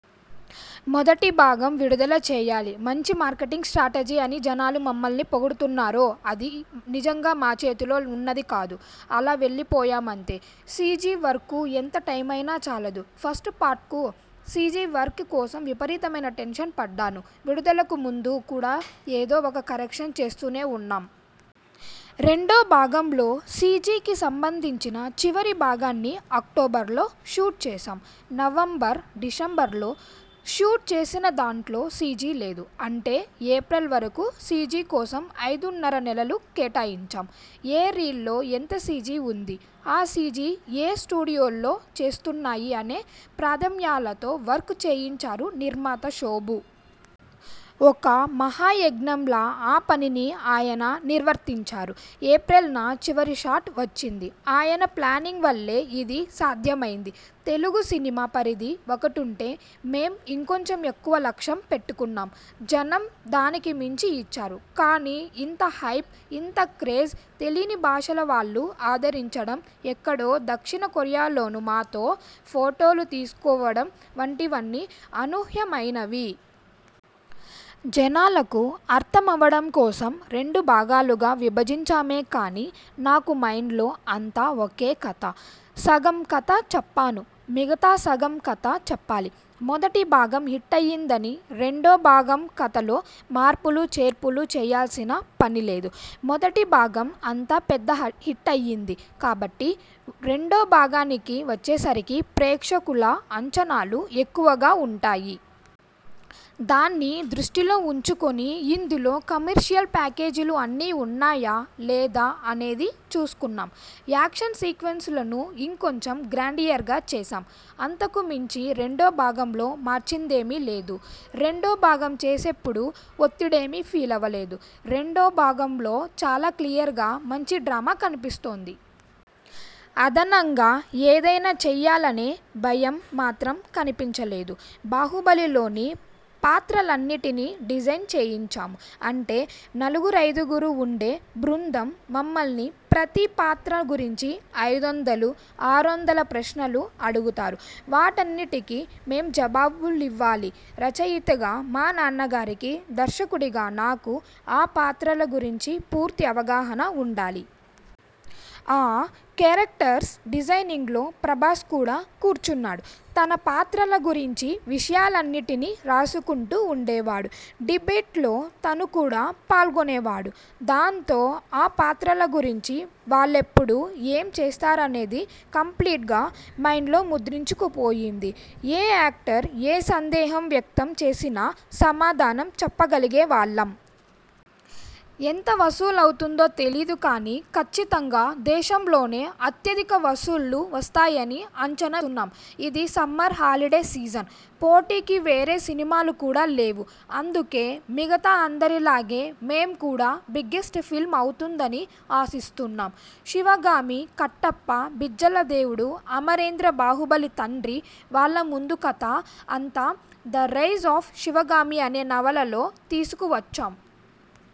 మొదటి భాగం విడుదల చేయాలి. మంచి మార్కెటింగ్ స్ట్రాటజీ అని జనాలు మమ్మల్ని పొగుడుతున్నారో అది నిజంగా మా చేతిలో ఉన్నది కాదు. అలా వెళ్లిపోయామంతే. సీజీ వర్క్కు ఎంత టైమైనా చాలదు. ఫస్ట్ పార్ట్కు సీజీ వర్క్ కోసం విపరీతమైన టెన్షన్ పడ్డాను. విడుదలకు ముందు కూడా ఏదో ఒక కరెక్షన్ చేస్తూనే ఉన్నాం. రెండో భాగంలో సీజీకి సంబంధించిన చివరి భాగాన్ని అక్టోబర్లో షూట్ చేశాం. నవంబర్, డిసెంబర్లో షూట్ చేసినదాంట్లో సీజీ లేదు. అంటే ఏప్రిల్ వరకు సీజీ కోసం ఐదున్నర నెలలు కేటాయించాం. ఏ రీల్లో ఎంత సీజీ ఉంది, ఆ సీజీ ఏయే స్టూడియోలు చేస్తున్నాయి అనే ప్రాధమ్యాలతో వర్క్ చేయించారు నిర్మాత శోభు. ఒక మహాయజ్ఞంలా ఆ పనిని ఆయన నిర్వర్తించారు. ఏప్రిల్ న చివరి షాట్ వచ్చింది. ఆయన ప్లానింగ్ వల్లే ఇది సాధ్యమైంది. తెలుగు సినిమా పరిధి ఒకటుంటే, మేం ఇంకొంచెం ఎక్కువ లక్ష్యం పెట్టుకొన్నాం. జనం దానికి మించి ఇచ్చారు. కానీ ఇంత హైప్, ఇంత క్రేజ్, తెలీని భాషల వాళ్లూ ఆదరించడం, ఎక్కడో దక్షిణ కొరియాలోనూ మాతో ఫొటోలు తీసుకోవడం వంటివన్నీ అనూహ్యమైనవి. జనాలకు అర్థమవడం కోసం రెండు భాగాలుగా విభజించామే కానీ, నాకు మైండ్లో అంతా ఒకే కథ. సగం కథ చెప్పాను మిగతా సగం కథ చెప్పాలి. మొదటి భాగం హిట్టయ్యిందని రెండో భాగం కథలో మార్పులు చేర్పులూ చేయాల్సిన పనిలేదు. మొదటి భాగం అంత పెద్ద హిట్టయ్యింది కాబట్టి రెండో భాగానికి వచ్చేసరికి ప్రేక్షకుల అంచనాలు ఎక్కువగా ఉంటాయి. దాన్ని దృష్టిలో ఉంచుకొని ఇందులో కమర్షియల్ ప్యాకేజీలు అన్నీ ఉన్నాయా, లేదా అనేది చూసుకున్నాం. యాక్షన్ సీక్వెన్స్లను ఇంకొంచెం గ్రాండియర్గా చేశాం. అంతకు మించి రెండో భాగంలో మార్చిందేమీ లేదు. రెండో భాగం చేసేప్పుడు ఒత్తిడేమీ ఫీలవలేదు. రెండో భాగంలో చాలా క్లియర్గా మంచి డ్రామా కనిపిస్తోంది. అదనంగా ఏదైనా చెయ్యాలనే భయం మాత్రం కనిపించలేదు. 'బాహుబలి'లోని పాత్రలనన్నింటినీ డిజైన్ చేయించాం. అంటే నలుగురైదుగురు ఉండే బృందం మమ్మల్ని ప్రతి పాత్ర గురించీ ఐదొందలు, ఆరొందల ప్రశ్నలు అడుగుతారు. వాటన్నింటికీ మేం జవాబులివ్వాలి. రచయితగా మా నాన్నగారికీ, దర్శకుడిగా నాకూ ఆ పాత్రల గురించి పూర్తి అవగాహన ఉండాలి. ఆ కేరక్టర్స్ డిజైనింగ్లో ప్రభాస్ కూడా కూర్చున్నాడు. తన పాత్రల గురించిన విషయాలన్నింటినీ రాసుకుంటూ ఉండేవాడు. డిబేట్లో తను కూడా పాల్గొనేవాడు. దాంతో ఆ పాత్రల గురించి, వాళ్లెప్పుడు ఏం చేస్తారనేది కంప్లీట్గా మైండ్లో ముద్రించుకుపోయింది. ఏ యాక్టర్ ఏ సందేహం వ్యక్తం చేసినా, సమాధానం చెప్పగలిగేవాళ్లం. ఎంత వసూలవుతుందో తెలీదు కానీ, కచ్చితంగా దేశంలోనే అత్యధిక వసూళ్లు వస్తాయని అంచనా వేస్తున్నాం. ఇది సమ్మర్ హాలిడే సీజన్. పోటీకి వేరే సినిమాలు కూడా లేవు. అందుకే మిగతా అందరిలాగే మేం కూడా బిగ్గెస్ట్ ఫిల్మ్ అవుతుందని ఆశిస్తున్నాం. శివగామి, కట్టప్ప, బిజ్జలదేవుడు, అమరేంద్ర బాహుబలి తండ్రి, వాళ్ల ముందు కథ అంతా 'ద రైజ్ ఆఫ్ శివగామి' అనే నవలలో తీసుకు వచ్చాం.